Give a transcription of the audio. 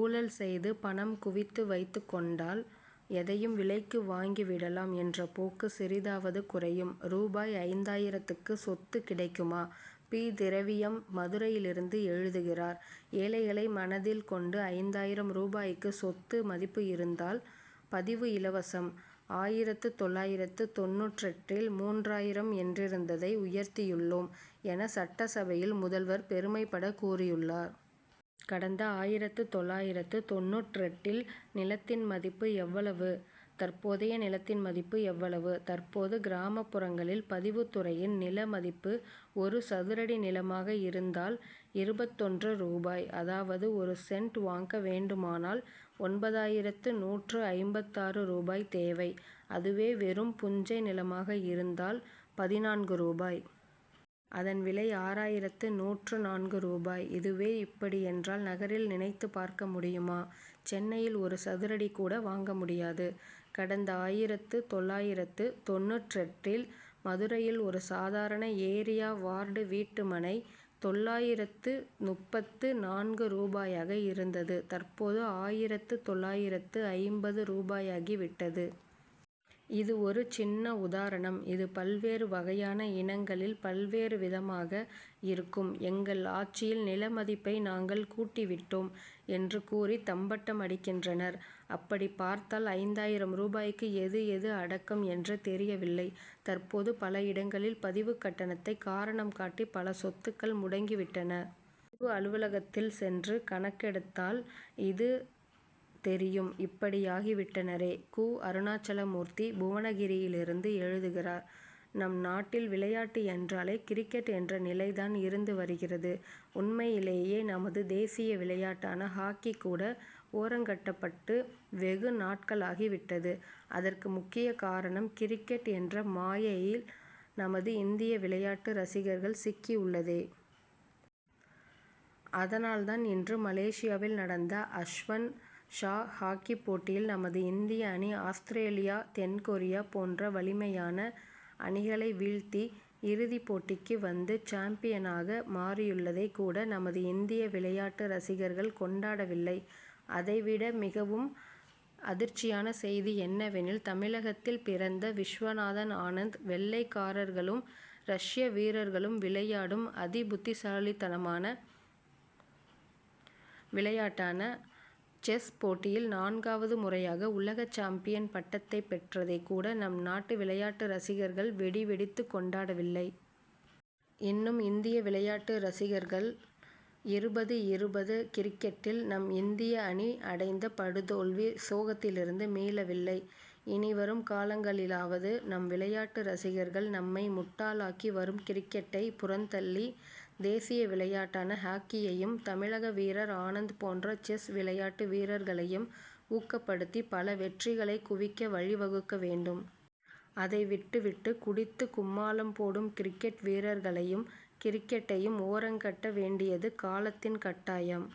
ஊழல் செய்து பணம் குவித்து வைத்துக் கொண்டால் எதையும் விலைக்கு வாங்கி விடலாம் என்ற போக்கு சிறிதாவது குறையும். ரூ. ஐந்தாயிரத்துக்கு சொத்து கிடைக்குமா? பி. திரவியம் மதுரையிலிருந்து எழுதுகிறார் ஏழைகளை மனதில் கொண்டு ஐந்தாயிரம் ரூபாய்க்கு சொத்து மதிப்பு இருந்தால் பதிவு இலவசம் ஆயிரத்து தொள்ளாயிரத்து தொண்ணூற்றெட்டில் மூன்றாயிரம் என்றிருந்ததை உயர்த்தியுள்ளோம் என சட்டசபையில் முதல்வர் பெருமைபட கூறியுள்ளார். கடந்த ஆயிரத்து தொள்ளாயிரத்து தொண்ணூற்றெட்டில் நிலத்தின் மதிப்பு எவ்வளவு தற்போதைய நிலத்தின் மதிப்பு எவ்வளவு? தற்போது கிராமப்புறங்களில் பதிவுத்துறையின் நில மதிப்பு ஒரு சதுரடி நிலமாக இருந்தால் இருபத்தொன்று ரூபாய். அதாவது ஒரு சென்ட் வாங்க வேண்டுமானால் ஒன்பதாயிரத்து நூற்று ஐம்பத்தாறு ரூபாய் தேவை. அதுவே வெறும் புஞ்சை நிலமாக இருந்தால் பதினான்கு ரூபாய். அதன் விலை ஆறாயிரத்து நூற்று நான்கு ரூபாய். இதுவே இப்படி என்றால் நகரில் நினைத்து பார்க்க முடியுமா? சென்னையில் ஒரு சதுரடி கூட வாங்க முடியாது. கடந்த ஆயிரத்து தொள்ளாயிரத்து தொண்ணூற்றெட்டில் மதுரையில் ஒரு சாதாரண ஏரியா வார்டு வீட்டுமனை தொள்ளாயிரத்து முப்பத்து நான்கு ரூபாயாக இருந்தது தற்போது ஆயிரத்து தொள்ளாயிரத்து ஐம்பது ரூபாயாகி விட்டது. இது ஒரு சின்ன உதாரணம். இது பல்வேறு வகையான இனங்களில் பல்வேறு விதமாக இருக்கும். எங்கள் ஆட்சியில் நிலமதிப்பை நாங்கள் கூட்டி விட்டோம் என்று கூறி தம்பட்டம் அடிக்கின்றனர். அப்படி பார்த்தால் ஐந்தாயிரம் ரூபாய்க்கு எது எது அடக்கம் என்று தெரியவில்லை. தற்போது பல இடங்களில் பதிவுக்கட்டணத்தை காரணம் காட்டி பல சொத்துக்கள் முடங்கி விட்டன. பதிவு அலுவலகத்தில் சென்று கணக்கெடுத்தால் இது தெரியும். இப்படியாகி விட்டனரே! கு. அருணாச்சலமூர்த்தி புவனகிரியிலிருந்து எழுதுகிறார் நம் நாட்டில் விளையாட்டு என்றாலே கிரிக்கெட் என்ற நிலைதான் இருந்து வருகிறது. உண்மையிலேயே நமது தேசிய விளையாட்டான ஹாக்கி கூட ஓரங்கட்டப்பட்டு வெகு நாட்களாகி விட்டது. அதற்கு முக்கிய காரணம் கிரிக்கெட் என்ற மாயையில் நமது இந்திய விளையாட்டு ரசிகர்கள் சிக்கி உள்ளதே. அதனால் தான் இன்று மலேசியாவில் நடந்த அஸ்வன் ஷா ஹாக்கி போட்டியில் நமது இந்திய அணி ஆஸ்திரேலியா தென் கொரியா போன்ற வலிமையான அணிகளை வீழ்த்தி இறுதிப் போட்டிக்கு வந்து சாம்பியனாக மாறியுள்ளதை கூட நமது இந்திய விளையாட்டு ரசிகர்கள் கொண்டாடவில்லை. அதைவிட மிகவும் அதிர்ச்சியான செய்தி என்னவெனில் தமிழகத்தில் பிறந்த விஸ்வநாதன் ஆனந்த் வெள்ளைக்காரர்களும் ரஷ்ய வீரர்களும் விளையாடும் அதி புத்திசாலித்தனமான விளையாட்டான செஸ் போட்டியில் நான்காவது முறையாக உலக சாம்பியன் பட்டத்தை பெற்றதைக் கூட நம் நாட்டு விளையாட்டு ரசிகர்கள் வெடி வெடித்து கொண்டாடவில்லை. இன்னும் இந்திய விளையாட்டு ரசிகர்கள் இருபது இருபது கிரிக்கெட்டில் நம் இந்திய அணி அடைந்த படுதோல்வி சோகத்திலிருந்து மீளவில்லை. இனிவரும் காலங்களிலாவது நம் விளையாட்டு ரசிகர்கள் நம்மை முட்டாளாக்கி வரும் கிரிக்கெட்டை புறந்தள்ளி தேசிய விளையாட்டான ஹாக்கியையும் தமிழக வீரர் ஆனந்த் போன்ற செஸ் விளையாட்டு வீரர்களையும் ஊக்கப்படுத்தி பல வெற்றிகளை குவிக்க வழிவகுக்க வேண்டும். அதைவிட்டு விட்டு குடித்து கும்மாளம் போடும் கிரிக்கெட் வீரர்களையும் கிரிக்கெட்டையும் ஓரங்கட்ட வேண்டியது காலத்தின் கட்டாயம்.